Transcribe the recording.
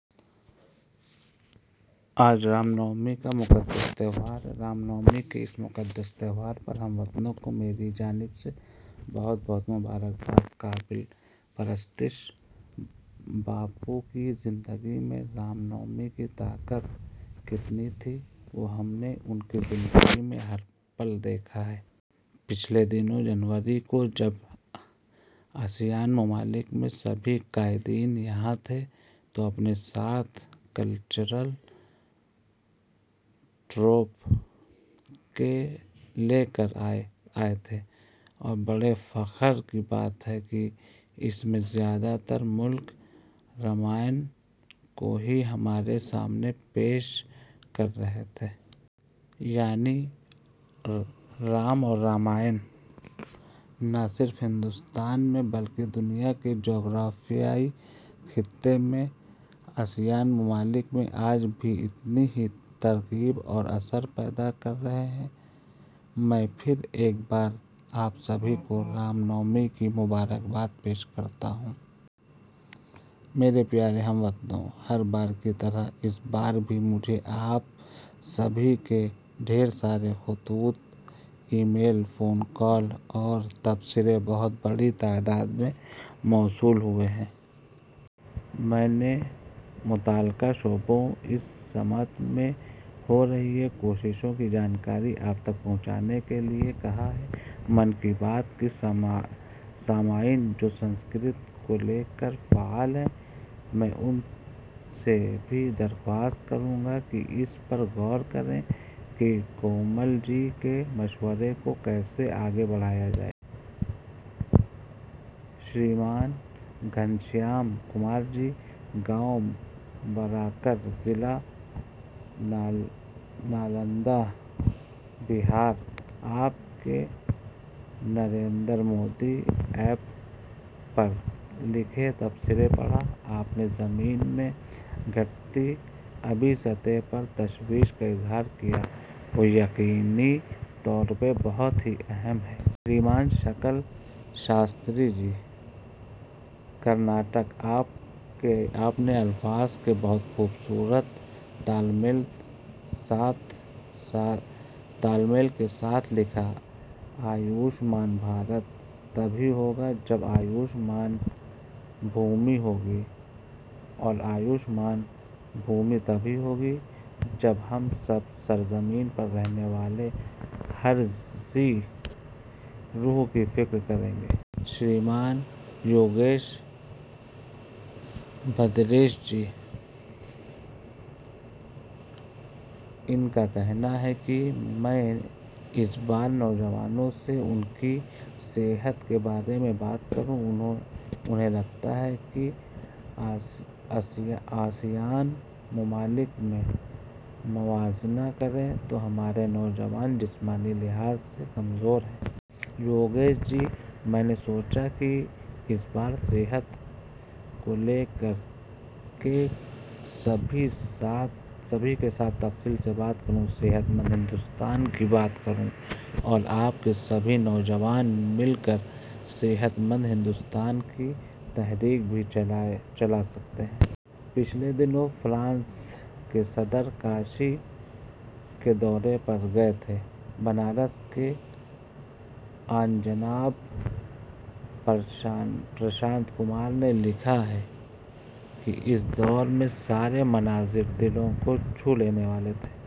آج رام نومی کا مقدس تہوار ہے۔ رام نومی کے اس مقدس تہوار پر ہم وطنوں کو میری جانب سے بہت بہت مبارکباد۔ قابل پرستش باپو کی زندگی میں 'رام نومی' کی طاقت کتنی تھی وہ ہم نے ان کی زندگی میں ہر پل دیکھا ہے۔ پچھلے دنوں جنوری کو جب آسیان ممالک کے سبھی قائدین یہاں تھے تو اپنے ساتھ کلچرل ٹروپ لے کر آئے تھے اور بڑے فخر کی بات ہے کہ اس میں زیادہ تر ملک رامائن کو ہی ہمارے سامنے پیش کر رہے تھے۔ یعنی رام اور رامائن ، نہ صرف ہندوستان میں بلکہ دنیا کے اس جغرافیائی خطے میں آسیان ممالک میں آج بھی اتنی ہی ترغیب اور اثر پیدا کر رہے ہیں۔ میں پھر ایک بار آپ سبھی کو رام نومی کی مبارکباد پیش کرتا ہوں۔ میرے پیارے ہم وطنوں ، ہر بار کی طرح اس بار بھی مجھے آپ سبھی کے ڈھیر سارے خطوط ، ای میل، فون کال اور تبصرے بہت بڑی تعداد میں موصول ہوئے ہیں۔ میں نے متعلقہ شعبے اس سمت میں ہو رہی کوششوں کی جانکاری آپ تک پہنچانے کے لیے کہا ہے۔ 'من کی بات' کے سامعین جو سنسکرت کو لے کر فعال ہیں ، میں ان سے بھی درخواست کروں گا کہ اس پر غور کریں کہ کومل جی کے مشورے کو کیسے آگے بڑھایا جائے۔ شریمان گھنشیام کمار جی ، گاؤں براکر، ضلع نالندہ ، بہار – آپ کے نریندر مودی ایپ پر لکھے تبصرے پڑھا۔ آپ نے زمین میں گھٹتی آبی سطح پر تشویش کا اظہار کیا ہے ، وہ یقینی طور پر بہت ہی اہم ہے۔ شریمان شکل شاستری جی ، کرناٹک – آپ نے الفاظ کے بہت ہی خوبصورت تال میل کے ساتھ لکھا کہ 'آیوش مان بھارت 'تبھی ہوگا جب 'آیوش مان بھومی ' ہوگی اور 'آیوش مان بھومی' تبھی ہوگی جب ہم اس سرزمین پر رہنے والے ہر ذی روح کی فکر کریں گے۔ شریمان یوگیش بھدریش جی ، ان کا کہنا ہے کہ میں اس بار نوجوانوں سے ان کی صحت کے بارے میں بات کروں۔ انہیں لگتا ہے کہ آسیان ممالک میں موازنہ کریں تو ہمارے نوجوان جسمانی لحاظ سے کمزور ہیں۔ یوگیش جی، میں نے سوچا کہ اس بار صحت کو لے کر کے سبھی کے ساتھ تفصیل سے بات کروں۔ صحت مند ہندوستان کی بات کروں اور آپ سبھی نوجوان مل کر صحت مندہندوستان کی تحریک بھی چلا سکتے ہیں۔ پچھلے دنوں فرانس کے صدر کاشی کے دورے پر گئے تھے۔ بنارس کے آنجناب پرشانت کمار نے لکھا ہے کہ اس دورے کے سارے مناظر ، دل کو چھو لینے والے تھے۔